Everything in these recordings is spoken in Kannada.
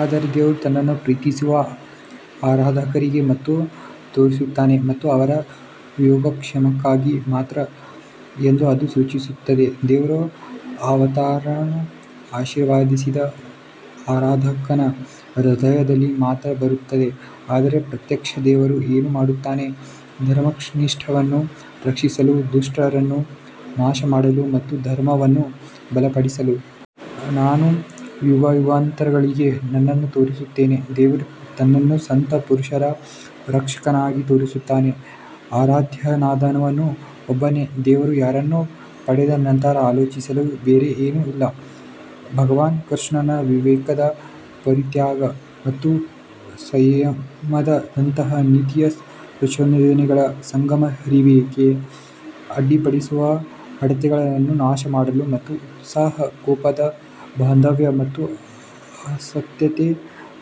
ಆದರೆ ದೇವರು ತನ್ನನ್ನು ಪ್ರೀತಿಸುವ ಆರಾಧಕರಿಗೆ ಮಾತ್ರ ತೋರಿಸುತ್ತಾನೆ ಮತ್ತು ಅವರ ಯೋಗಕ್ಷೇಮಕ್ಕಾಗಿ ಮಾತ್ರ ಎಂದು ಅದು ಸೂಚಿಸುತ್ತದೆ ದೇವರ ಅವತಾರವು ಆಶೀರ್ವದಿಸಿದ ಆರಾಧಕನ ಹೃದಯದಲ್ಲಿ ಮಾತ್ರ ಬರುತ್ತದೆ ಆದರೆ ಪ್ರತ್ಯಕ್ಷ ದೇವರು ಏನು ಮಾಡುತ್ತಾನೆ ಧರ್ಮನಿಷ್ಠರನ್ನು ರಕ್ಷಿಸಲು, ದುಷ್ಟರನ್ನು ನಾಶಮಾಡಲು ಮತ್ತು ಧರ್ಮವನ್ನು ಬಲಪಡಿಸಲು ನಾನು ಯುಗಯುಗಾಂತರಗಳಿಗೆ ನನ್ನನ್ನು ತೋರಿಸುತ್ತೇನೆ ದೇವರು ತನ್ನನ್ನು ಸಂತ ಪುರುಷರ ರಕ್ಷಕನಾಗಿ ತೋರಿಸುತ್ತಾನೆ ಆರಾಧ್ಯನಾದವನು ಒಬ್ಬನೇ ದೇವರು ಯಾರನ್ನು ಪಡೆದ ನಂತರ ಆಲೋಚಿಸಲು ಬೇರೆ ಏನೂ ಇಲ್ಲ ಭಗವಾನ್ ಕೃಷ್ಣನು ವಿವೇಕದ ಪರಿತ್ಯಾಗ ಮತ್ತು ಸಂಯಮದಂತಹ ನೀತಿಯ ಪ್ರಚೋದನೆಗಳ ಸುಗಮ ಹರಿವಿಗೆ ಅಡ್ಡಿಪಡಿಸುವ ಅಡೆತಡೆಗಳನ್ನು ನಾಶಮಾಡಲು ಮತ್ತು ಉತ್ಸಾಹ ಕೋಪದ ಬಾಂಧವ್ಯ ಮತ್ತು ಅಸಹ್ಯತೆಯ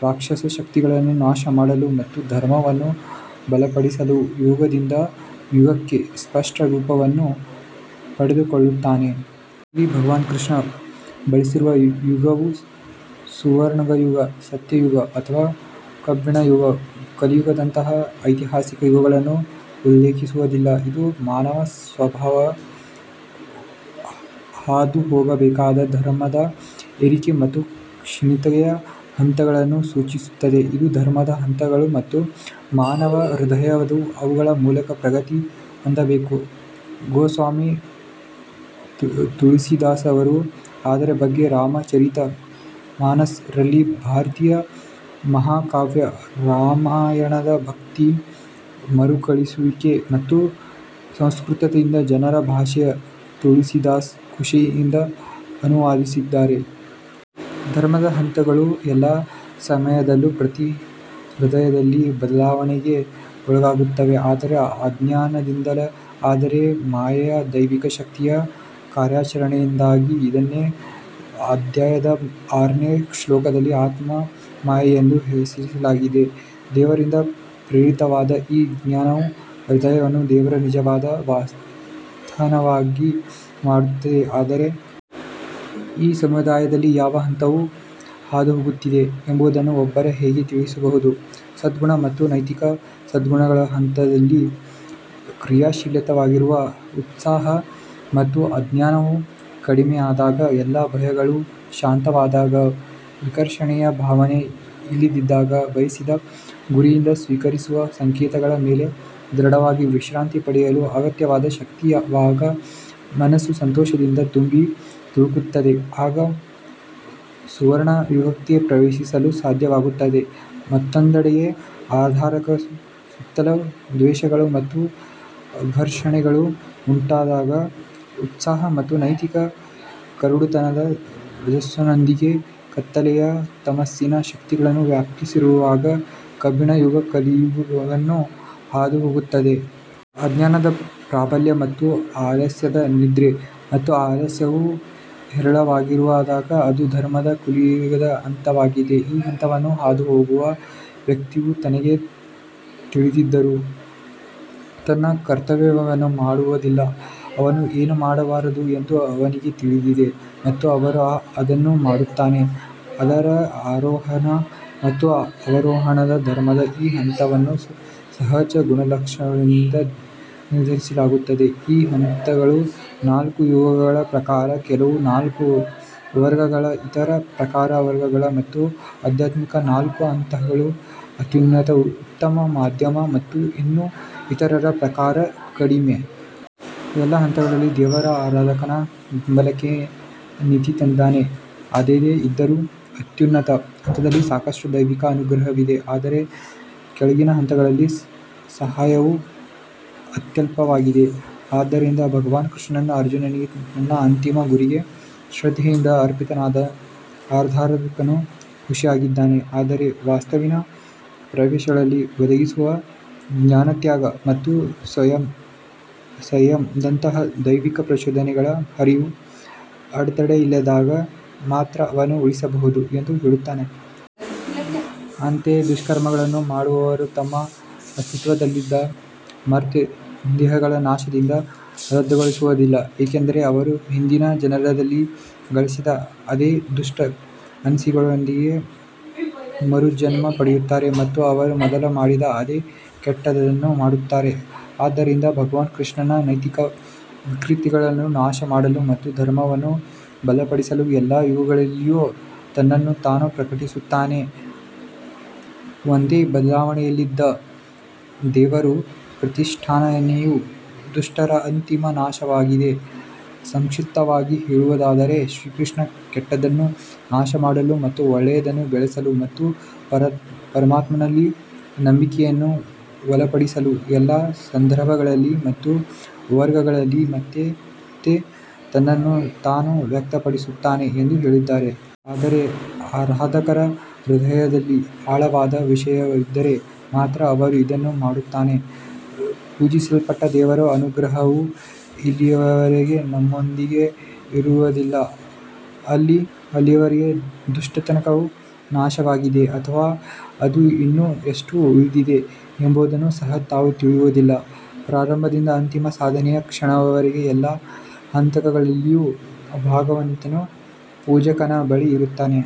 ರಾಕ್ಷಸ ಶಕ್ತಿಗಳನ್ನು ನಾಶಮಾಡಲು ಮತ್ತು ಧರ್ಮವನ್ನು ಬಲಪಡಿಸಲು ಯುಗದಿಂದ ಯುಗಕ್ಕೆ ಸ್ಪಷ್ಟ ರೂಪವನ್ನು ಪಡೆದುಕೊಳ್ಳುತ್ತಾನೆ. ಇಲ್ಲಿ ಭಗವಾನ್ ಕೃಷ್ಣನು ಬಳಸಿರುವ ಯುಗವು ಸುವರ್ಣಯುಗ ಸತ್ಯಯುಗ ಅಥವಾ ಕಬ್ಬಿಣಯುಗ ಕಲಿಯುಗದಂತಹ ಐತಿಹಾಸಿಕ ಯುಗಗಳನ್ನು ಉಲ್ಲೇಖಿಸುವುದಿಲ್ಲ. ಇದು ಮಾನವ ಸ್ವಭಾವವು ಹಾದುಹೋಗಬೇಕಾದ ಧರ್ಮದ ಏರಿಕೆ ಮತ್ತು ಕ್ಷೀಣತೆಯ ಹಂತಗಳನ್ನು ಸೂಚಿಸುತ್ತದೆ. ಇವು ಧರ್ಮದ ಹಂತಗಳು ಮತ್ತು ಮಾನವ ಹೃದಯವು ಅವುಗಳ ಮೂಲಕ ಪ್ರಗತಿ ಹೊಂದಬೇಕು ಗೋಸ್ವಾಮಿ ತುಳಸಿದಾಸರು ಅದರ ಬಗ್ಗೆ ರಾಮ್ ಚರಿತ್ ಮಾನಸ್ ರಲ್ಲಿ ಭಾರತೀಯ ಮಹಾಕಾವ್ಯ ರಾಮಾಯಣದ ಭಕ್ತಿ ಮರುಕಳಿಸುವಿಕೆ ಮತ್ತು ಸಂಸ್ಕೃತದಿಂದ ಜನರ ಭಾಷೆಗೆ ತುಳಸಿದಾಸ್ ಋಷಿಯಿಂದ ಅನುವಾದಿಸಿದ್ದಾರೆ. ಧರ್ಮದ ಹಂತಗಳು ಎಲ್ಲಾ ಸಮಯದಲ್ಲೂ ಪ್ರತಿ ಹೃದಯದಲ್ಲಿ ಬದಲಾವಣೆಗೆ ಒಳಗಾಗುತ್ತವೆ ಆದರೆ ಅಜ್ಞಾನದಿಂದಲ್ಲ ಆದರೆ ಮಾಯೆಯ ದೈವಿಕ ಶಕ್ತಿಯ ಕಾರ್ಯಾಚರಣೆಯಿಂದಾಗಿ. ಇದನ್ನೇ ಅಧ್ಯಾಯದ ಆರನೇ ಶ್ಲೋಕದಲ್ಲಿ ಆತ್ಮ ಮಾಯೆ ಎಂದು ಹೆಸರಿಸಲಾಗಿದೆ ದೇವರಿಂದ ಪ್ರೇರಿತವಾದ ಈ ಜ್ಞಾನವು ಹೃದಯವನ್ನು ದೇವರ ನಿಜವಾದ ವಾಸಸ್ಥಾನವನ್ನಾಗಿ ಮಾಡುತ್ತದೆ ಆದರೆ ಈ ಸಮಯದಲ್ಲಿ ಯಾವ ಹಂತವು ಹಾದುಹೋಗುತ್ತಿದೆ ಎಂಬುದನ್ನು ಒಬ್ಬರು ಹೇಗೆ ತಿಳಿಯಬಹುದು ಸದ್ಗುಣ ಮತ್ತು ನೈತಿಕ ಸದ್ಗುಣಗಳು ಹೃದಯದಲ್ಲಿ ಕ್ರಿಯಾಶೀಲವಾಗಿರುವಾಗ ಉತ್ಸಾಹ ಮತ್ತು ಅಜ್ಞಾನವು ಕಡಿಮೆಯಾದಾಗ ಎಲ್ಲಾ ಭಯಗಳು ಶಾಂತವಾದಾಗ ವಿಕರ್ಷಣೆಯ ಭಾವನೆ ಇಲ್ಲದಿದ್ದಾಗ ಬಯಸಿದ ಗುರಿಯಿಂದ ಸ್ವೀಕರಿಸುವ ಸಂಕೇತಗಳ ಮೇಲೆ ದೃಢವಾಗಿ ವಿಶ್ರಾಂತಿ ಪಡೆಯಲು ಅಗತ್ಯವಾದ ಶಕ್ತಿಯಿರುವಾಗ ಮನಸ್ಸು ಸಂತೋಷದಿಂದ ತುಂಬಿ ತುಳುಕುತ್ತದೆ ಆಗ ಮಾತ್ರ ಸುವರ್ಣಯುಗಕ್ಕೆ ಪ್ರವೇಶಿಸಲು ಸಾಧ್ಯವಾಗುತ್ತದೆ ಮತ್ತೊಂದೆಡೆ, ಆರಾಧಕನ ಸುತ್ತಲೂ ದ್ವೇಷಗಳು ಮತ್ತು ಘರ್ಷಣೆಗಳು ಉಂಟಾದಾಗ ಉತ್ಸಾಹ ಮತ್ತು ನೈತಿಕ ಕುರುಡುತನದ ರಜಸ್ನೊಂದಿಗೆ ಕತ್ತಲೆಯ ತಮಸ್ಸಿನ ಶಕ್ತಿಗಳು ವ್ಯಾಪಿಸುತ್ತಿರುವಾಗ ಕಬ್ಬಿಣಯುಗ ಕಲಿಯುಗವನ್ನು ಹಾದುಹೋಗುತ್ತದೆ. ಅಜ್ಞಾನದ ಪ್ರಾಬಲ್ಯ ಮತ್ತು ಆಲಸ್ಯದ ನಿದ್ರೆ ಮತ್ತು ಆಲಸ್ಯವು ಹೇರಳವಾಗಿರುವಾಗ ಅದು ಧರ್ಮದ ಕಲಿಯುಗದ ಹಂತವಾಗಿದೆ. ಈ ಹಂತವನ್ನು ಹಾದುಹೋಗುವ ವ್ಯಕ್ತಿಯು ತನಗೆ ತಿಳಿದಿದ್ದರೂ ತನ್ನ ಕರ್ತವ್ಯವನ್ನು ಮಾಡುವುದಿಲ್ಲ ಅವನು ಏನು ಮಾಡಬಾರದು ಎಂದು ಅವನಿಗೆ ತಿಳಿದಿದೆ ಮತ್ತು ಅವನು ಅದನ್ನು ಮಾಡುತ್ತಾನೆ ಅದರ ಆರೋಹಣ ಮತ್ತು ಅವರೋಹಣದ ಧರ್ಮದ ಈ ಹಂತಗಳನ್ನು ಸಹಜ ಗುಣಲಕ್ಷಣಗಳಿಂದ ನಿರ್ಧರಿಸಲಾಗುತ್ತದೆ ಈ ಹಂತಗಳು ನಾಲ್ಕು ಯುಗಗಳ ಪ್ರಕಾರ ಕೆಲವು ನಾಲ್ಕು ವರ್ಗಗಳು ಇತರರ ಪ್ರಕಾರ ವರ್ಣಗಳು ಮತ್ತು ಆಧ್ಯಾತ್ಮಿಕ ನಾಲ್ಕು ಹಂತಗಳು ಅತ್ಯುತ್ತಮ ಉತ್ತಮ ಮಧ್ಯಮ ಮತ್ತು ಇನ್ನೂ ಇತರರ ಪ್ರಕಾರ ಕಡಿಮೆ. ಎಲ್ಲಾ ಹಂತಗಳಲ್ಲಿ ದೇವರು ಆರಾಧಕನ ಬೆಂಬಲಕ್ಕೆ ನಿಂತಿದ್ದಾನೆ ಅದೇನೇ ಇದ್ದರೂ ಅತ್ಯುನ್ನತ ಹಂತದಲ್ಲಿ ಸಾಕಷ್ಟು ದೈವಿಕ ಅನುಗ್ರಹವಿದೆ ಆದರೆ ಕೆಳಗಿನ ಹಂತಗಳಲ್ಲಿ ಸಹಾಯವು ಅತ್ಯಲ್ಪವಾಗಿದೆ. ಆದ್ದರಿಂದ ಭಗವಾನ್ ಕೃಷ್ಣನು ಅರ್ಜುನನಿಗೆ ತನ್ನ ಅಂತಿಮ ಗುರಿಗೆ ಶ್ರದ್ಧೆಯಿಂದ ಅರ್ಪಿತನಾದ ಆರಾಧಕನು ಋಷಿಯಾಗಿದ್ದಾನೆ ಆದರೆ ವಸ್ತುವಿನ ಪ್ರವೇಶವನ್ನು ಒದಗಿಸುವ ಜ್ಞಾನತ್ಯಾಗ ಮತ್ತು ಸ್ವಯಂ ಸಂಯಮದಂತಹ ದೈವಿಕ ಪ್ರಚೋದನೆಗಳ ಹರಿವು ಅಡೆತಡೆಯಿಲ್ಲದಿದ್ದಾಗ ಮಾತ್ರ ಅವನು ಉಳಿಸಬಹುದು ಎಂದು ಹೇಳುತ್ತಾನೆ. ಅಂತೆಯೇ ದುಷ್ಕರ್ಮಗಳನ್ನು ಮಾಡುವವರು ತಮ್ಮ ಅಸ್ತಿತ್ವದಲ್ಲಿಲ್ಲದ ಮರ್ತ್ಯ ದೇಹಗಳ ನಾಶದಿಂದ ರದ್ದುಗೊಳ್ಳುವುದಿಲ್ಲ ಏಕೆಂದರೆ ಅವರು ಹಿಂದಿನ ಜನ್ಮದಲ್ಲಿ ಗಳಿಸಿದ ಅದೇ ದುಷ್ಟ ಅನಿಸಿಕೆಗಳೊಂದಿಗೆ ಮರುಜನ್ಮ ಪಡೆಯುತ್ತಾರೆ ಮತ್ತು ಅವರು ಮೊದಲು ಮಾಡಿದ ಅದೇ ಕೆಟ್ಟದ್ದನ್ನು ಮಾಡುತ್ತಾರೆ. ಆದ್ದರಿಂದ ಭಗವಾನ್ ಕೃಷ್ಣನು ನೈತಿಕ ವಿಕೃತಿಗಳನ್ನು ನಾಶಮಾಡಲು ಮತ್ತು ಧರ್ಮವನ್ನು ಬಲಪಡಿಸಲು ಎಲ್ಲಾ ಯುಗಗಳಲ್ಲಿಯೂ ತನ್ನನ್ನು ತಾನು ಪ್ರಕಟಿಸುತ್ತಾನೆ ಒಂದೇ ಬದಲಾವಣೆಯಿಲ್ಲದ ದೇವರ ಪ್ರತಿಷ್ಠಾಪನೆಯು ದುಷ್ಟರ ಅಂತಿಮ ನಾಶವಾಗಿದೆ ಸಂಕ್ಷಿಪ್ತವಾಗಿ ಹೇಳುವುದಾದರೆ, ಶ್ರೀಕೃಷ್ಣನು ಕೆಟ್ಟದ್ದನ್ನು ನಾಶಮಾಡಲು ಮತ್ತು ಒಳ್ಳೆಯದನ್ನು ಬೆಳೆಸಲು ಮತ್ತು ಪರಮಾತ್ಮನಲ್ಲಿ ನಂಬಿಕೆಯನ್ನು ಬಲಪಡಿಸಲು ಎಲ್ಲಾ ಸಂದರ್ಭಗಳಲ್ಲಿ ಮತ್ತು ವರ್ಗಗಳಲ್ಲಿ ಮತ್ತೆ ಮತ್ತೆ ತನ್ನನ್ನು ತಾನು ವ್ಯಕ್ತಪಡಿಸುತ್ತಾನೆ ಎಂದು ಹೇಳಿದ್ದಾನೆ. ಆದರೆ ಆರಾಧಕರ ಹೃದಯದಲ್ಲಿ ಆಳವಾದ ವಿಷಾದವಿದ್ದರೆ ಮಾತ್ರ ಅವನು ಇದನ್ನು ಮಾಡುತ್ತಾನೆ ಪೂಜಿಸಲ್ಪಟ್ಟ ದೇವರ ಅನುಗ್ರಹವು ಎಲ್ಲಿಯವರೆಗೆ ನಮ್ಮೊಂದಿಗೆ ಇರುವುದಿಲ್ಲವೋ ಅಲ್ಲಿಯವರೆಗೆ ದುಷ್ಟತನವು ನಾಶವಾಗಿದೆಯೇ ಅಥವಾ ಅದು ಇನ್ನೂ ಎಷ್ಟು ಉಳಿದಿದೆ ಎಂಬುದನ್ನು ಸಹ ನಾವು ತಿಳಿಯುವುದಿಲ್ಲ. ಪ್ರಾರಂಭದಿಂದ ಅಂತಿಮ ಸಾಧನೆಯ ಕ್ಷಣದವರೆಗೆ ಎಲ್ಲಾ ಹಂತಗಳಲ್ಲಿಯೂ ಭಗವಂತನು ಪೂಜಕನ ಬಳಿ ಇರುತ್ತಾನೆ।